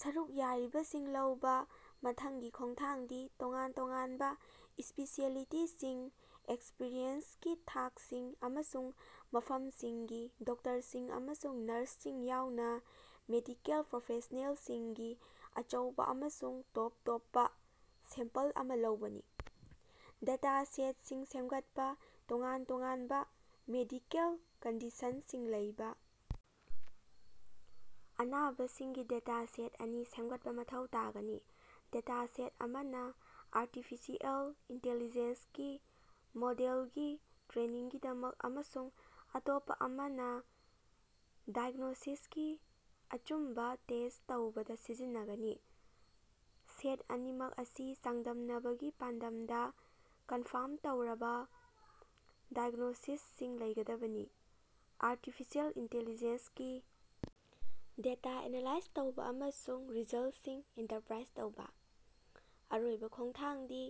ꯁꯔꯨꯛ ꯌꯥꯔꯤꯕꯁꯤꯡ ꯂꯧꯕꯥ ꯃꯊꯪꯒꯤ ꯈꯣꯡꯊꯥꯡꯗꯤ ꯇꯣꯉꯥꯟ ꯇꯣꯉꯥꯟꯕ ꯁ꯭ꯄꯦꯁꯤꯑꯦꯂꯤꯇꯤꯁꯤꯡ, ꯑꯦꯛꯁꯄꯔꯤꯌꯦꯟꯁꯀꯤ ꯊꯥꯛꯁꯤꯡ, ꯑꯃꯁꯨꯡ ꯃꯐꯝꯁꯤꯡꯒꯤ ꯗꯣꯛꯇꯔꯁꯤꯡ ꯑꯃꯁꯨꯡ ꯅꯔꯁꯁꯤꯡ ꯌꯥꯎꯅ ꯃꯦꯗꯤꯀꯦꯜ ꯄ꯭ꯔꯣꯐꯦꯁꯅꯦꯜꯁꯤꯡꯒꯤ ꯑꯆꯧꯕ ꯑꯃꯁꯨꯡ ꯇꯣꯞ ꯇꯣꯞꯄ ꯁꯦꯝꯄꯜ ꯑꯃꯥ ꯂꯧꯕꯅꯤ꯫ ꯗꯦꯇꯥ ꯁꯦꯠꯁꯤꯡ ꯁꯦꯝꯒꯠꯄꯥ: ꯇꯣꯉꯥꯟ ꯇꯣꯉꯥꯟꯕ ꯃꯦꯗꯤꯀꯦꯜ ꯀꯟꯗꯤꯁꯟꯁꯤꯡ ꯂꯩꯕ ꯑꯅꯥꯕꯁꯤꯡꯒꯤ ꯗꯦꯇꯥ ꯁꯦꯠ ꯑꯅꯤ ꯁꯦꯝꯒꯠꯄꯥ ꯃꯊꯧ ꯇꯥꯒꯅꯤ꯫ ꯗꯦꯇꯥ ꯁꯦꯠ ꯑꯃꯅꯥ ꯑꯥꯔꯇꯤꯐꯤꯁꯤꯑꯦꯜ ꯏꯟꯇ‌ꯦꯂꯤꯖ‌ꯦꯟꯁꯒꯤ ꯃꯣꯗꯦꯜꯒꯤ ꯇ꯭ꯔꯦꯅꯤꯡꯒꯤꯗꯃꯛ ꯑꯃꯁꯨꯡ ꯑꯇꯣꯞꯄꯥ ꯑꯃꯅ ꯗꯥꯏꯒ꯭ꯅꯣꯁꯤꯁꯀꯤ ꯑꯆꯨꯝꯕ ꯇꯦꯁ꯭ꯠ ꯇꯧꯕꯗ ꯁꯤꯖꯤꯟꯅꯒꯅꯤ꯫ ꯁꯦꯠ ꯑꯅꯤꯃꯛ ꯑꯁꯤ ꯆꯥꯡꯗꯝꯅꯕꯒꯤ ꯄꯥꯟꯗꯝꯗ ꯀꯟꯐꯥꯔꯝ ꯇꯧꯔꯕ ꯗꯥꯏꯑꯦꯒ꯭ꯅꯣꯁꯤꯁꯁꯤꯡ ꯂꯩꯒꯗꯕꯅꯤ꯫ ꯑꯥꯔꯇꯤꯐꯤꯁꯤꯑꯦꯜ ꯏꯟꯇ‌ꯦꯂꯤꯖ‌ꯦꯟꯁꯒꯤ ꯗꯦꯇꯥ ꯑꯦꯅꯥꯂꯥꯏꯖ ꯇꯧꯕ ꯑꯃꯁꯨꯡ ꯔꯤꯖꯜꯠꯁꯤꯡ ꯏꯟꯇꯔꯄꯔꯥꯏꯖ ꯇꯧꯕꯥ: ꯑꯔꯣꯏꯕ ꯈꯣꯡꯊꯥꯡꯗꯤ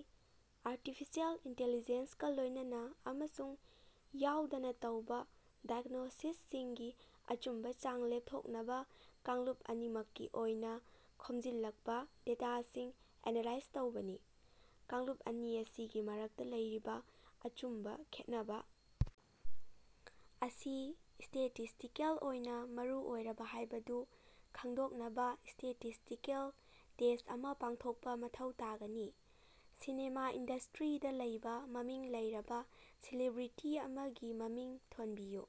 ꯑꯥꯔꯇꯤꯐꯤꯁꯤꯑꯦꯜ ꯏꯟꯇ‌ꯦꯂꯤꯖ‌ꯦꯟꯁꯒꯥ ꯂꯣꯏꯅꯅꯥ ꯑꯃꯁꯨꯡ ꯌꯥꯎꯗꯅ ꯇꯧꯕ ꯗꯥꯏꯒ꯭ꯅꯣꯁꯤꯁꯁꯤꯡꯒꯤ ꯑꯆꯨꯝꯕ ꯆꯥꯡ ꯂꯦꯞꯊꯣꯛꯅꯕ ꯀꯥꯡꯂꯨꯞ ꯑꯅꯤꯃꯛꯀꯤ ꯑꯣꯏꯅ ꯈꯣꯝꯖꯤꯜꯂꯛꯄ ꯗꯦꯇꯥꯁꯤꯡ ꯑꯦꯅꯥꯂꯥꯏꯖ ꯇꯧꯕꯅꯤ꯫ ꯀꯥꯡꯂꯨꯞ ꯑꯅꯤ ꯑꯁꯤꯒꯤ ꯃꯔꯛꯇ ꯂꯩꯔꯤꯕ ꯑꯆꯨꯝꯕ ꯈꯦꯠꯅꯕ ꯑꯁꯤ ꯁ꯭ꯇꯦꯇꯤꯁ꯭ꯇꯤꯀꯦꯜ ꯑꯣꯏꯅ ꯃꯔꯨ ꯑꯣꯏꯕꯔꯥ ꯍꯥꯏꯕꯗꯨ ꯈꯪꯗꯣꯛꯅꯕꯥ ꯁ꯭ꯇꯦꯇꯤꯁ꯭ꯇꯤꯀꯦꯜ ꯇꯦꯁ꯭ꯠ ꯑꯃꯥ ꯄꯥꯡꯊꯣꯛꯄꯥ ꯃꯊꯧ ꯇꯥꯒꯅꯤ꯫ ꯁꯤꯅꯦꯃꯥ ꯏꯟꯗꯁ꯭ꯇꯔꯤꯗꯥ ꯂꯩꯕ ꯃꯃꯤꯡ ꯂꯩꯔꯕ ꯁꯦꯂꯤꯕ꯭ꯔꯦꯇꯤ ꯑꯃꯒꯤ ꯃꯃꯤꯡ ꯊꯣꯟꯕꯤꯌꯨ꯫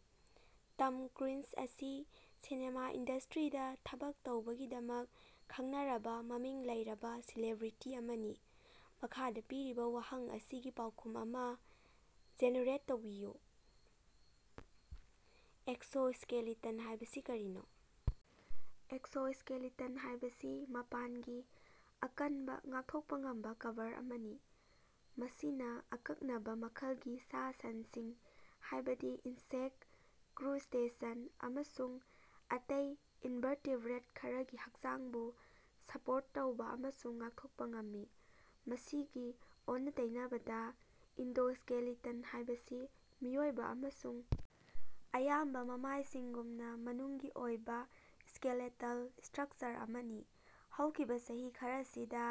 ꯇꯝ ꯀ꯭ꯔꯨꯏꯖ ꯑꯁꯤ ꯁꯤꯅꯦꯃꯥ ꯏꯟꯗꯁ꯭ꯇꯔꯤꯗꯥ ꯊꯕꯛ ꯇꯧꯕꯒꯤꯗꯃꯛ ꯈꯪꯅꯔꯕ ꯃꯃꯤꯡ ꯂꯩꯔꯕ ꯁꯦꯂꯤꯕ꯭ꯔꯦꯇꯤ ꯑꯃꯅꯤ꯫ ꯃꯈꯥꯗ ꯄꯤꯔꯤꯕ ꯋꯥꯍꯪ ꯑꯁꯤꯒꯤ ꯄꯥꯎꯈꯨꯝ ꯑꯃꯥ ꯖꯦꯅꯦꯔꯦꯠ ꯇꯧꯕꯤꯌꯨ꯫ ꯑꯦꯛꯁꯣꯁ꯭ꯀꯦꯂꯤꯇꯟ ꯍꯥꯏꯕꯁꯤ ꯀꯔꯤꯅꯣ? ꯑꯦꯛꯁꯣꯁ꯭ꯀꯦꯂꯤꯇꯟ ꯍꯥꯏꯕꯁꯤ ꯃꯄꯥꯟꯒꯤ, ꯑꯀꯟꯕ, ꯉꯥꯛꯊꯣꯛꯄꯥ ꯉꯝꯕ ꯀꯚꯔ ꯑꯃꯅꯤ, ꯃꯁꯤꯅ ꯑꯀꯛꯅꯕ ꯃꯈꯜꯒꯤ ꯁꯥ ꯁꯟꯁꯤꯡ ꯍꯥꯏꯕꯗꯤ ꯏꯟꯁꯦꯛꯠ, ꯀ꯭ꯔꯨꯁ꯭ꯇꯦꯁꯟ ꯑꯃꯁꯨꯡ ꯑꯇꯩ ꯏꯟꯚꯥꯔꯇꯦꯕ꯭ꯔꯦꯠ ꯈꯔꯒꯤ ꯍꯛꯆꯥꯡꯕꯨ ꯁꯄꯣꯔꯠ ꯇꯧꯕ ꯑꯃꯁꯨꯡ ꯉꯥꯛꯊꯣꯛꯄ ꯉꯝꯃꯤ꯫ ꯃꯁꯤꯒꯤ ꯑꯣꯟꯅ ꯇꯩꯅꯕꯗꯥ, ꯑꯦꯟꯗꯣꯁ꯭ꯀꯦꯂꯤꯇꯟ ꯍꯥꯏꯕꯁꯤ ꯃꯤꯑꯣꯏꯕ ꯑꯃꯁꯨꯡ ꯑꯌꯥꯝꯕ ꯃꯃꯥꯏꯁꯤꯡꯒꯨꯝꯅ ꯃꯅꯨꯡꯒꯤ ꯑꯣꯏꯕꯥ ꯁ꯭ꯀꯦꯂꯦꯇꯜ ꯁ꯭ꯇꯔꯛꯆꯔ ꯑꯃꯅꯤ꯫ ꯍꯧꯈꯤꯕꯥ ꯆꯍꯤ ꯈꯔꯁꯤꯗꯥ,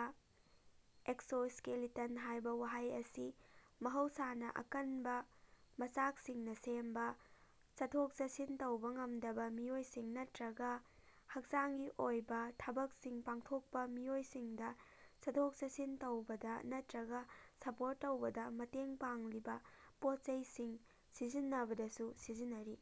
ꯑꯦꯛꯁꯣꯁ꯭ꯀꯦꯂꯤꯇꯟ ꯍꯥꯏꯕ ꯋꯥꯍꯩ ꯑꯁꯤ ꯃꯍꯧꯁꯥꯅꯥ ꯑꯀꯟꯕ ꯃꯆꯥꯛꯁꯤꯡꯅ ꯁꯦꯝꯕꯥ, ꯆꯠꯊꯣꯛ-ꯆꯠꯁꯤꯟ ꯇꯧꯕ ꯉꯝꯗꯕ ꯃꯤꯑꯣꯏꯁꯤꯡ ꯅꯠꯇꯔꯒꯥ ꯍꯛꯆꯥꯡꯒꯤ ꯑꯣꯏꯕ ꯊꯕꯛꯁꯤꯡ ꯄꯥꯡꯊꯣꯛꯄꯥ ꯃꯤꯑꯣꯏꯁꯤꯡꯗ ꯆꯠꯊꯣꯛ ꯆꯠꯁꯤꯟ ꯇꯧꯕꯗ ꯅꯠꯇꯔꯒ ꯁꯄꯣꯔꯠ ꯇꯧꯕꯗ ꯃꯇꯦꯡ ꯄꯥꯡꯂꯤꯕ ꯄꯣꯠꯆꯩꯁꯤꯡ ꯁꯤꯖꯤꯟꯅꯕꯗꯁꯨ ꯁꯤꯖꯤꯟꯅꯔꯤ꯫